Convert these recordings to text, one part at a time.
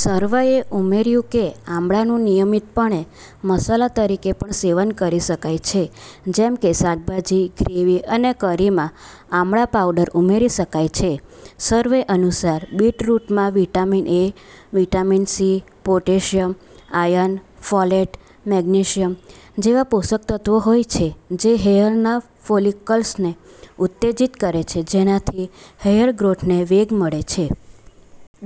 સર્વેએ ઉમેર્યું કે આમળાનું નિયમિતપણે મસાલા તરીકે પણ સેવન કરી શકાય છે જેમ કે શાકભાજી, ગ્રેવી અને કરીમાં આમળા પાવડર ઉમેરી શકાય છે. સર્વે અનુસાર, બીટરૂટમાં vitamin A, vitamin C, potassium, iron, folate, magnesium જેવા પોષક તત્વો હોય છે જે હેયરના ફોલિકલ્સને ઉત્તેજિત કરે છે જેનાથી હેયરગ્રોથને વેગ મળે છે.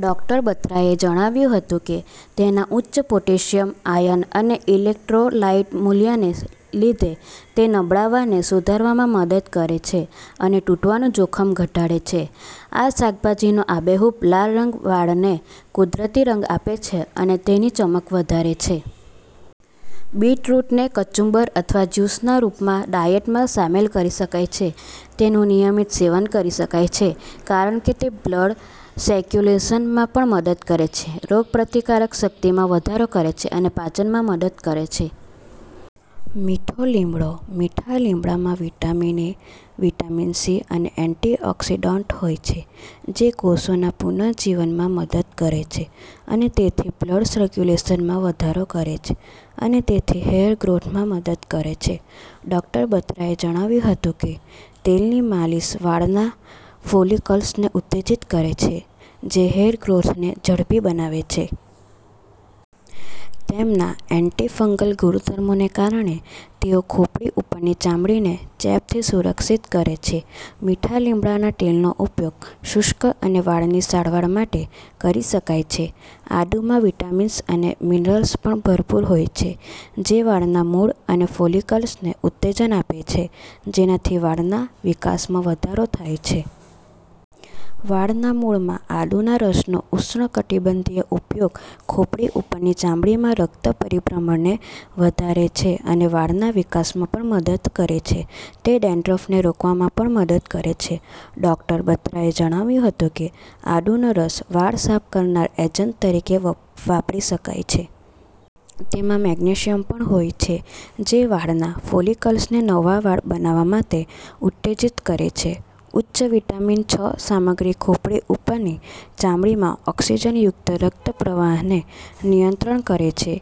ડોક્ટર બત્રાએ જણાવ્યું હતું કે, તેના ઉચ્ચ પોટેશિયમ, આયર્ન અને ઇલેક્ટ્રોલાઇટ મૂલ્યને લીધે, તે નબળા વાળને સુધારવામાં મદદ કરે છે અને તૂટવાનું જોખમ ઘટાડે છે. આ શાકભાજીનો આબેહૂબ લાલ રંગ વાળને કુદરતી રંગ આપે છે અને તેની ચમક વધારે છે. બીટરૂટને કચુંબર અથવા જ્યુસના રૂપમાં ડાયટમાં સામેલ કરી શકાય છે. તેનું નિયમિત સેવન કરી શકાય છે કારણ કે તે બ્લડ સર્ક્યુલેશનમાં પણ મદદ કરે છે, રોગપ્રતિકારક શક્તિમાં વધારો કરે છે અને પાચનમાં મદદ કરે છે. મીઠો લીમડો, મીઠા લીમડામાં વિટામિન એ, વિટામિન સી અને એન્ટીઑકિસડન્ટો હોય છે જે કોષોના પુનર્જીવનમાં મદદ કરે છે અને તેથી બ્લડ સર્ક્યુલેશનમાં વધારો કરે છે અને તેથી હેયરગ્રોથમાં મદદ કરે છે. ડોક્ટર બત્રાએ જણાવ્યું હતું કે, " તેલની માલિશ વાળના ફોલિકલ્સને ઉત્તેજિત કરે છે, જે હેયરગ્રોથને ઝડપી બનાવે છે. તેમના એન્ટી-ફંગલ ગુણધર્મોને કારણે, તેઓ ખોપરી ઉપરની ચામડીને ચેપથી સુરક્ષિત કરે છે. મીઠા લીમડાના તેલનો ઉપયોગ શુષ્ક અને વાળની સારવાર માટે કરી શકાય છે. " આદુ માં વિટામિન્સ અને મિનરલ્સ પણ ભરપૂર હોય છે જે વાળના મૂળ અને ફોલિકલ્સને ઉત્તેજન આપે છે જેનાથી વાળના વિકાસમાં વધારો થાય છે. વાળના મૂળમાં આદુના રસનો ઉષ્ણકટિબંધીય ઉપયોગ ખોપરી ઉપરની ચામડીમાં રક્ત પરિભ્રમણને વધારે છે અને વાળના વિકાસમાં પણ મદદ કરે છે, તે ડેન્ડ્રફને રોકવામાં પણ મદદ કરે છે. ડોક્ટર બત્રાએ જણાવ્યું હતું કે, "આદુનો રસ વાળ સાફ કરનાર એજન્ટ તરીકે વાપરી શકાય છે. તેમાં મેગ્નેશિયમ પણ હોય છે, જે વાળના ફોલિકલ્સને નવા વાળ બનાવવા માટે ઉત્તેજિત કરે છે. ઉચ્ચ વિટામિન છ સામગ્રી ખોપરી ઉપરની ચામડીમાં ઓક્સિજનયુક્ત રક્ત પ્રવાહને નિયંત્રિત કરે છે,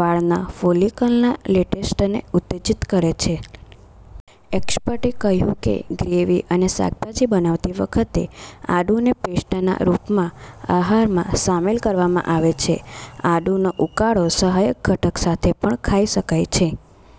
વાળના ફોલિકલના લેટેસ્ટને ઉત્તેજિત કરે છે. " એક્સપર્ટએ કહ્યું કે, ગ્રેવી અને શાકભાજી બનાવતી વખતે આદુને પેસ્ટના રૂપમાં આહારમાં સામેલ કરવામાં આવે છે. આદુનો ઉકાળો સહાયક ઘટક સાથે પણ ખાઈ શકાય છે.